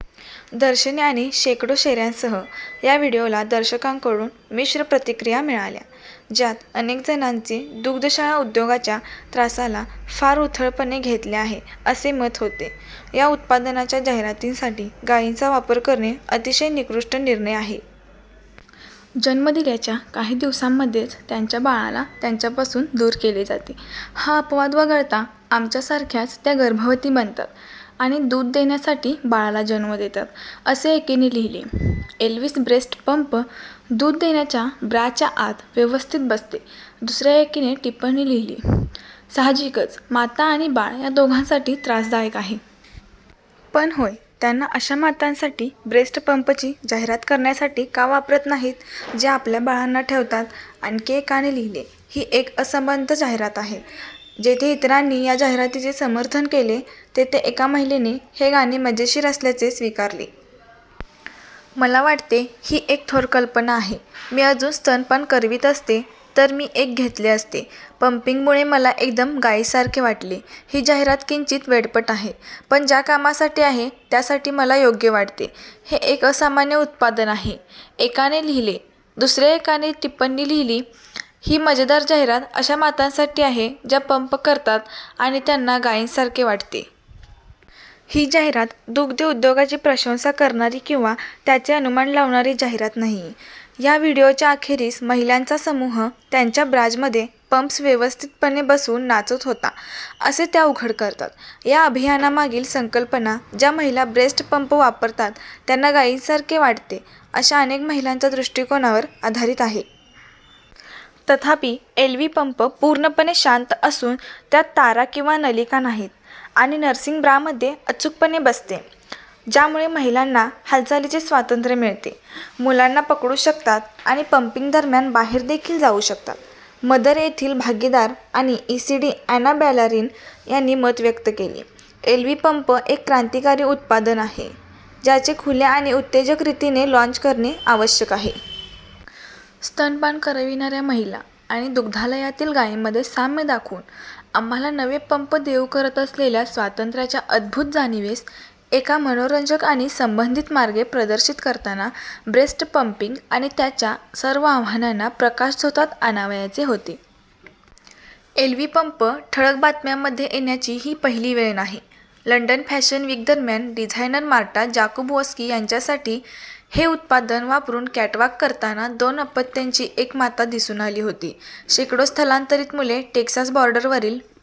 दर्शने आणि शेकडो शेऱ्यांसह, या व्हिडिओला दर्शकांकडून मिश्र प्रतिक्रिया मिळाल्या, ज्यात अनेक जणांचे दुग्धशाळा उद्योगाच्या "त्रासा"ला फार उथळपणे घेतले आहे असे मत होते. "या उत्पादनाच्या जाहिरातीसाठी गाईंचा वापर करणे अतिशय निकृष्ट निर्णय आहे. " जन्म दिल्याच्या काही दिवसांमध्येच त्यांच्या बाळाला त्यांच्या पासून दूर केले जाते हा अपवाद वगळता, आमच्या सारख्याच त्या गर्भवती बनतात आणि दूध देण्यासाठी बाळाला जन्म देतात," असे एकीने लिहिले. एल्विस ब्रेस्ट पंप दूध देण्याच्या ब्राच्या आत व्यवस्थित बसते दुसऱ्या एकाने टिप्पणी लिहिली: "साहजिकच माता आणि बाळ या दोघांसाठी त्रासदायक आहे. पण होय, त्यांना अशा मातांसाठी ब्रेस्ट पंपची जाहिरात करण्यासाठी का वापरत नाहीत, जे आपल्या बाळांना ठेवतात? " आणखी एकाने लिहिले: "ही एक असंबद्ध जाहिरात आहे. " जेथे इतरांनी या जाहिरातीचे समर्थन केले, तेथे एका महिलेने हे गाणे "मजेशीर" असल्याचे स्वीकारले. "मला वाटते ही एक थोर कल्पना आहे. मी अजून स्तनपान करवीत असते तर मी एक घेतले असते पंपिंगमुळे मला एकदम गाईसारखे वाटले ही जाहिरात किंचित वेडपट आहे पण ज्या कामासाठी आहे त्यासाठी मला योग्य वाटते हे एक असामान्य उत्पादन आहे," एकाने लिहिले दुसऱ्या एकाने टिप्पणी लिहिली: "ही मजेदार जाहिरात अशा मातांसाठी आहे ज्या पंप करतात आणि त्यांना गाईंसारखे वाटते. " ही जाहिरात दुग्ध उद्योगाची प्रशंसा करणारी किंवा त्याचे अनुमान लावणारी जाहिरात नाहीये. " या व्हिडिओच्या अखेरीस महिलांचा समूह त्यांच्या ब्राजमध्ये पंप्स व्यवस्थितपणे बसवून नाचत होता असे त्या उघड करतात. या अभियानामागील संकल्पना ज्या महिला ब्रेस्ट-पंप वापरतात त्यांना गाईंसारखे वाटते, अशा अनेक महिलांच्या दृष्टीकोनावर आधारित आहे. तथापि एल्वि पंप पूर्णपणे शांत असून, त्यात तारा किंवा नलिका नाहीत आणि नर्सिंग ब्रामध्ये अचूकपणे बसते, ज्यामुळे महिलांना हालचालीचे स्वातंत्र्य मिळते, मुलांना पकडू शकतात आणि पंपिंगदरम्यान बाहेर देखील जाऊ शकतात. मदर येथील भागीदार आणि ईसीडी अॅना बॅलारिन यांनी मत व्यक्त केले: एल्वि पंप एक क्रांतिकारी उत्पादन आहे, ज्याचे खुल्या आणि उत्तेजक रीतीने लाँच करणे आवश्यक आहे. स्तनपान करविणाऱ्या महिला आणि दुग्धालयातील गाईंमध्ये साम्य दाखवून, आम्हाला नवे पंप देऊ करत असलेल्या स्वातंत्र्याच्या अद्भुत जाणीवेस, एका मनोरंजक आणि संबंधित मार्गे प्रदर्शित करताना, ब्रेस्ट पंपिंग आणि त्याच्या सर्व आव्हानांना प्रकाशझोतात आणावयाचे होते. एल्वि पंप ठळक बातम्यांमध्ये येण्याची ही पहिली वेळ नाही. लंडन फॅशन विकदरम्यान, डिझायनर मार्टा जाकुबोव्स्की यांच्यासाठी, हे उत्पादन वापरून कॅटवाक करताना दोन अपत्यांची एक माता दिसून आली होती. शेकडो स्थलांतरित मुले टेक्सास बॉर्डरवरील